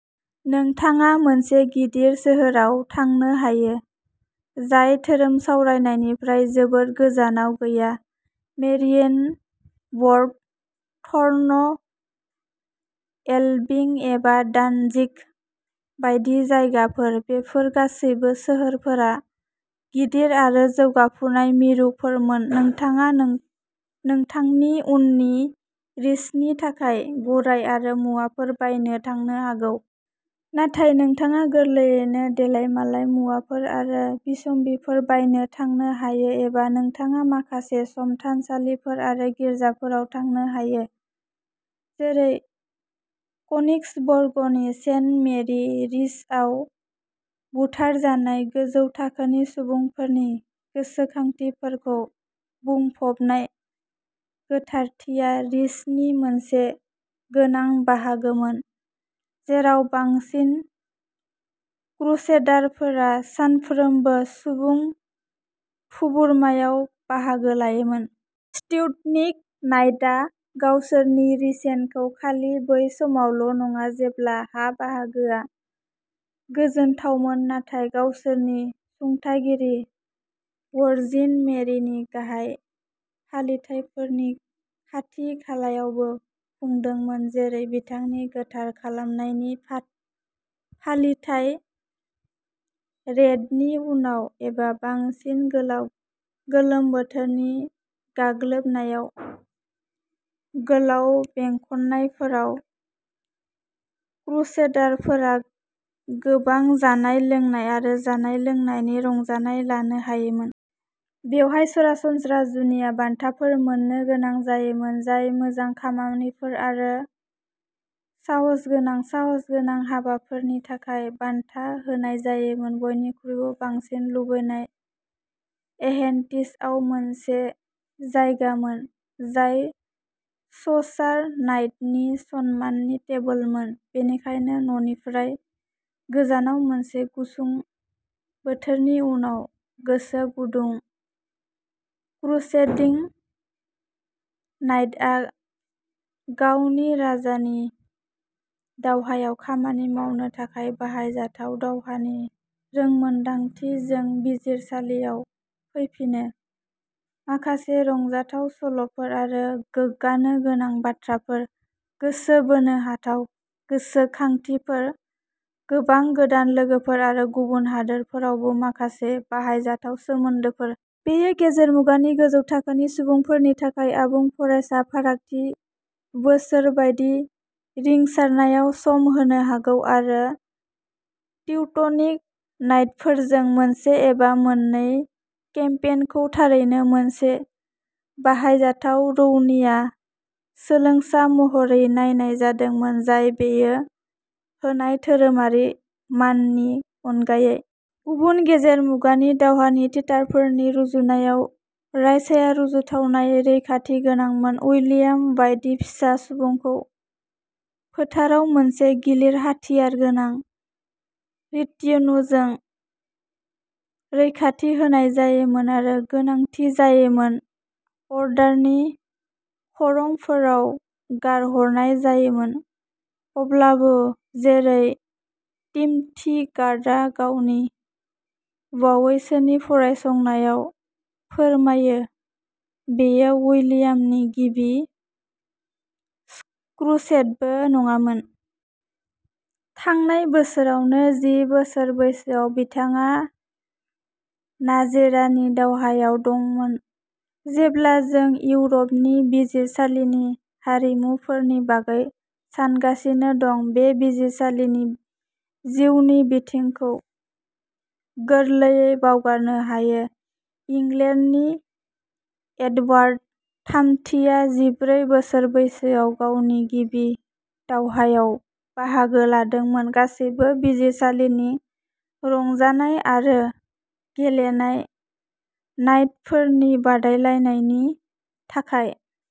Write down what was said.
नोंथाङा मोनसे गिदिर सोहोराव थांनो हायो, जाय धोरोमसावरायनिफ्राय जोबोद गोजानाव गैयाः मेरियेनबर्ग, थर्न, एलबिं एबा दानजिग बायदि जायगाफोर। बेफोर गासैबो सोहोरफोरा गिदिर आरो जौगाफुनाय मिरुफोरमोन। नोंथाङा नोंथांनि उननि रिसनि थाखाय गराय आरो मुवाफोर बायनो थांनो हागौ। नाथाय नोंथाङा गोरलैयैनो देलायमालाय मुवाफोर आरो बिसम्बिफोर बायनो थांनो हायो। एबा नोंथाङा माखासे सम थानसालिफोर आरो गिर्जाफोराव थांनो हायो, जेरै कनिग्सबर्गनि सेन्ट मेरि, रिसआव बुथारजानाय गोजौ थाखोनि सुबुंफोरनि गोसोखांथिफोरखौ बुंफबनाय। गोथारथिया रिसनि मोनसे गोनां बाहागोमोन, जेराव बांसिन क्रुसेडारफोरा सानफ्रोमबोनि सुबुं थुबुरमायाव बाहागो लायोमोन। ट्यूटनिक नाइटआ गावसोरनि रिसेनखौ खालि बै समावल'नङा, जेब्ला हा बाहागोआ गोजोनथावमोन, नाथाय गावसोरनि सुंथागिरि, वर्जिन मेरिनि गाहाय फालिथायफोरनि खाथि-खालायावबो खुंदोंमोन, जेरै बिथांनि गोथार खालामनायनि फालिथाइ। रेइडनि उनाव, एबा बांसिन गोलाव गोलोम बोथोरनि गाग्लोबनायाव, गोलाव बेंखननायफोराव, क्रुसेडारफोरा गोबां जानाय-लोंनाय आरो जानाय-लोंनायनि रंजानाय लानो हायोमोन। बेवहाय सरासनस्रा जुनिया बान्थाफोर मोन्नो गोनां जायोमोन, जाय मोजां खामानिफोर आरो साहसगोनां साहसगोनां हाबाफोरनि थाखाय बान्था होनाय जायोमोन। बयनिख्रुइबो बांसिन लुबैनाया एह्रेन्टिशआव मोनसे जायगामोन, जाय चसार नाइटनि सन्माननि टेबोलमोन। बेनिखायनो न'निफ्राय गोजानाव मोनसे गुसुं बोथोरनि उनाव, गोसोगुदुं क्रुसेडिं नाइटआ गावनि राजानि दावहायाव खामानि मावनो थाखाय बाहायजाथाव'दावहानि रोंमोनदांथि'जों बिजिरसालियाव फैफिनो, माखासे रंजाथाव सल'फोर आरो गोग्गानो गोनां बाथ्राफोर, गोसो बोनो हाथाव गोसोखांथिफोर, गोबां गोदान लोगोफोर आरो गुबुन हादोरफोरावबो माखासे बाहायजाथाव सोमोन्दोफोर। बेयो गेजेर मुगानि गोजौ थाखोनि सुबुंफोरनि थाखाय आबुं फरायसा फारागथि बोसोर बायदि रिंसारनायाव सम होनो हागौ। आरो टिउटनिक नाइटफोरजों मोनसे एबा मोननै केम्पेइनखौ थारैनो मोनसे बाहायजाथाव रौनिया सोलोंसा महरै नायनाय जादोंमोन, जाय बेयो होनाय धोरोमारि माननि अनगायै। गुबुन गेजेर मुगानि दावहानि थियेटारफोरनि रुजुनायाव, रायसाया रुजुथावनायै रैखाथि गोनांमोनः उइलियाम बायदि फिसा सुबुंखौ फोथाराव मोनसे गिलिर-हाथियारगोनां रिटिन्युजों रैखाथि होनाय जायोमोन, आरो गोनांथि जायोब्ला अर्डारनि खरंफोराव गारहरनाय जायोमोन। अब्लाबो जेरै टिमथि गार्डआ गावनि बावैसोनि फरायसंनायाव फोरमायो, बेयो उइलियामनि गिबि क्रुसेडबो नङामोन। थांनाय बोसोरावनो, जि बोसोर बैसोआव, बिथाङा नाजेरानि दावहायाव दंमोन। जेब्ला जों इउर'पनि बिजिरसालिनि हारिमुफोरनि बागै सानगासिनो दं, बे बिजिरसालिनि जिउनि बिथिंखौ गोरलैयै बावगारनो हायो। इंलेन्डनि एडवार्ड थामथिआ जिब्रै बोसोर बैसोआव गावनि गिबि दावहायाव बाहागो लादोंमोन। गासैबो बिजिरसालिनि रंजानाय आरो गेलेनाय नाइटफोरनि बादायलायनायनि थाखाय।